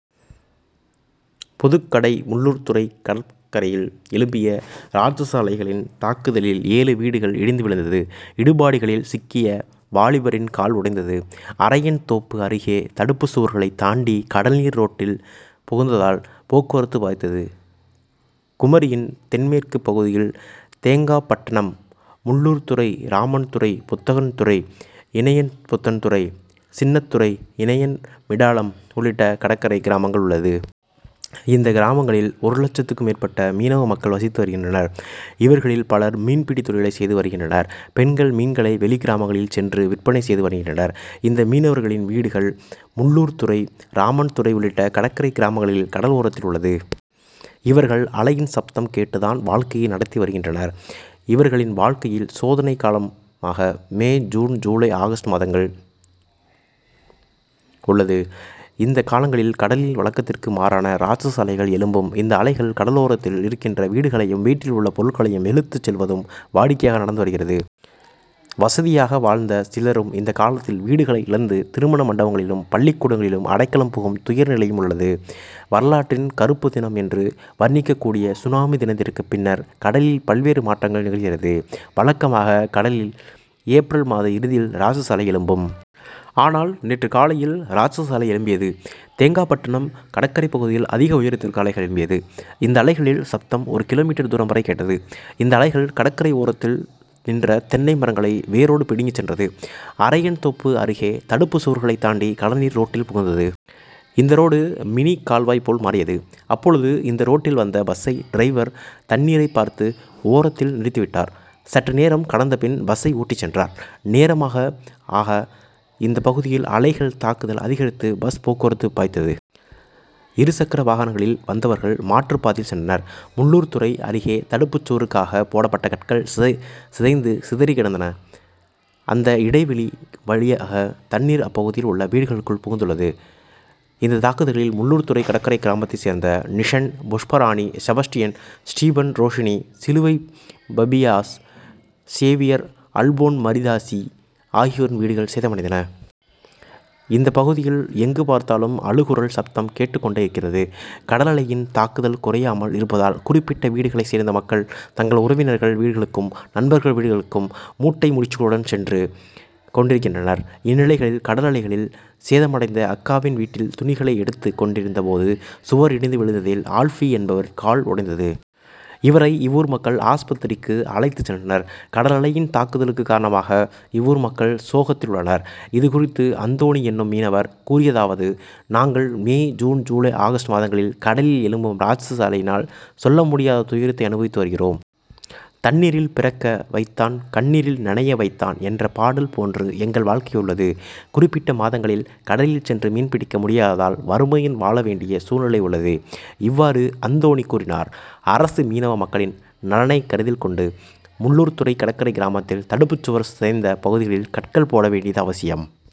புதுக்கடை முள்ளூர்துறை கடற்கரையில் எழும்பிய ராட்சஸ அலைகளின் தாக்குதலில் ஏழு வீடுகள் இடிந்து விழுந்தது. இடிபாடுகளில் சிக்கிய வாலிபரின் கால் உடைந்தது. அரையன்தோப்பு அருகே தடுப்புச்சுவர்களை தாண்டி கடல்நீர் ரோட்டில் புகுந்ததால் போக்குவரத்து பாதித்தது. குமரியின் தென்மேற்கு பகுதியில் தேங்காப்பட்டணம் முள்ளூர்துறை ராமன்துறை புத்தன்துறை இனயம்புத்தன்துறை சின்னத்துறை இனயம் மிடாலம் உள்ளிட்ட கடற்கரை கிராமங்கள் உள்ளது. இந்த கிராமங்களில் ஒரு லட்சத்துக்கும் மேற்பட்ட மீனவ மக்கள் வசித்து வருகின்றனர். இவர்களில் பலர் மீன்பிடி தொழிலை செய்து வருகின்றனர். பெண்கள் மீன்களை வெளிக்கிராமங்களில் சென்று விற்பனை செய்து வருகின்றனர். இந்த மீனவர்களின் வீடுகள் முள்ளூர்துறை ராமன்துறை உள்ளிட்ட கடற்கரை கிராமங்களில் கடல் ஓரத்தில் உள்ளது. இவர்கள் அலையின் சப்தம் கேட்டு தான் வாழ்க்கையை நடத்தி வருகின்றனர். இவர்களின் வாழ்க்கையில் சோதனை காலமாக மே ஜூன் ஜூலை ஆகஸ்ட் மாதங்கள் உள்ளது. இந்த காலங்களில் கடலில் வழக்கத்திற்கு மாறாக ராட்சஸ அலைகள் எழும்பும். இந்த அலைகள் கடலோரத்தில் இருக்கின்ற வீடுகளையும் வீட்டில் உள்ள பொருட்களையும் இழுத்துச் செல்வதும் வாடிக்கையாக நடந்து வருகிறது. வசதியாக வாழ்ந்த சிலரும் இந்த காலங்களில் வீடுகளை இழந்து திருமணமண்டபங்களிலும் பள்ளிக்கூடங்களிலும் அடைக்கலம் புகும் துயர நிலையும் உள்ளது. வரலாற்றின் கறுப்புதினம் என்று வர்ணிக்கக்கூடிய சுனாமி தினத்திற்கு பின்னர் கடலில் பல்வேறு மாற்றங்கள் நிகழ்கிறது. வழக்கமாக கடலில் ஏப்ரம் மாத இறுதியில் ராட்சஸ அலை எழும்பும். ஆனால் நேற்று காலையில் ராட்சஸ அலை எழும்பியது. தேங்காப்பட்டணம் கடற்கரை பகுதியில் அதிக உயரத்திற்கு அலைகள் எழும்பியது. இந்த அலைகளின் சப்தம் ஒரு கி. மீ. தூரம் வரை கேட்டது. இந்த அலைகள் கடற்கரை ஓரத்தில் நின்ற தென்னை மரங்களை வேரோடு பிடுங்கி சென்றது. அரையன்தோப்பு அருகே தடுப்புச்சுவர்களை தாண்டி கடல்நீர் ரோட்டில் புகுந்தது. இந்த ரோடு மினி கால்வாய் போல் மாறியது. அப்பொழுது இந்த ரோட்டில் வந்த பஸ்சை டிரைவர் தண்ணீரை பார்த்து ஓரத்தில் நிறுத்திவிட்டார். சற்று நேரம் கடந்த பின் பஸ்சை ஓட்டி சென்றார். நேரமாக ஆக இந்த பகுதியில் அலைகளின் தாக்குதல் அதிகரித்து பஸ் போக்குவரத்து பாதித்தது. இருசக்கர வாகனங்களில் வந்தவர்கள் மாற்றுப்பாதையில் சென்றனர். முள்ளூர்துறை அருகே தடுப்புச்சுவருக்காக போடப்பட்ட கற்கள் சிதைந்து சிதறிகிடக்கிறது. அந்த இடைவெளி வழியாக தண்ணீர் அப்பகுதியில் உள்ள வீடுகளுக்குள் புகுந்துள்ளது. இந்த தாக்குதலில் முள்ளூர்துறை கடற்கரை கிராமத்தை சேர்ந்த Nixon Pushparani Sebastian Stephen Roshini Siluvai பபியாஸ் சேவியர் அல்போன்மரியதாசி ஆகியோரின் வீடுகள் சேதமடைந்தது. இந்த பகுதியில் எங்கு பார்த்தாலும் அழுகுரல் சப்தம் கேட்டுக் கொண்டே இருக்கிறது. கடலலையின் தாக்குதல் குறையாமல் இருப்பதால் குறிப்பிட்ட வீடுகளை சேர்ந்த மக்கள் தங்கள் உறவினர்கள் வீடுகளுக்கும் நண்பர்கள் வீடுகளுக்கும் மூட்டை முடிச்சுகளுடன் சென்று கொண்டிருக்கின்றனர். இந்நிலையில் கடலலையில் சேதமடைந்த அக்காவின் வீட்டில் துணிகளை எடுத்து கொண்டிருந்த போது சுவர் இடிந்து விழுந்ததில் ஆல்பி என்பவரின் கால் உடைந்தது. இவரை இவ்வூர் மக்கள் ஆஸ்பத்திரிக்கு அழைத்து சென்றனர். கடலலையின் தாக்குதலுக்கு காரணமாக இவ்வூர் மக்கள் சோகத்தில் உள்ளனர். இது குறித்து அந்தோணி என்னும் மீனவர் கூறியதாவது நாங்கள் மே ஜூன் ஜூலை ஆகஸ்ட் மாதங்களில் கடலில் எழும்பும் ராட்சஸ அலையினால் சொல்லமுடியாத துயரத்தை அனுபவித்து வருகிறோம். தண்ணீரில் பிறக்க வைத்தான் கண்ணீரில் நனைய வைத்தான்' என்ற பாடல் போன்று எங்கள் வாழ்க்கை உள்ளது. குறிப்பிட்ட மாதங்களில் கடலில் சென்று மீன்பிடிக்க முடியாததால் வறுமையின் வாழவேண்டிய சூழ்நிலை உள்ளது. இவ்வாறு அந்தோணி கூறினார். அரசு மீனவ மக்களின் நலனை கருத்தில் கொண்டு முள்ளூர்துறை கடற்கரை கிராமத்தில் தடுப்புச்சுவர் சிதைந்த பகுதிகளில் கற்கள் போட வேண்டியது அவசியம்.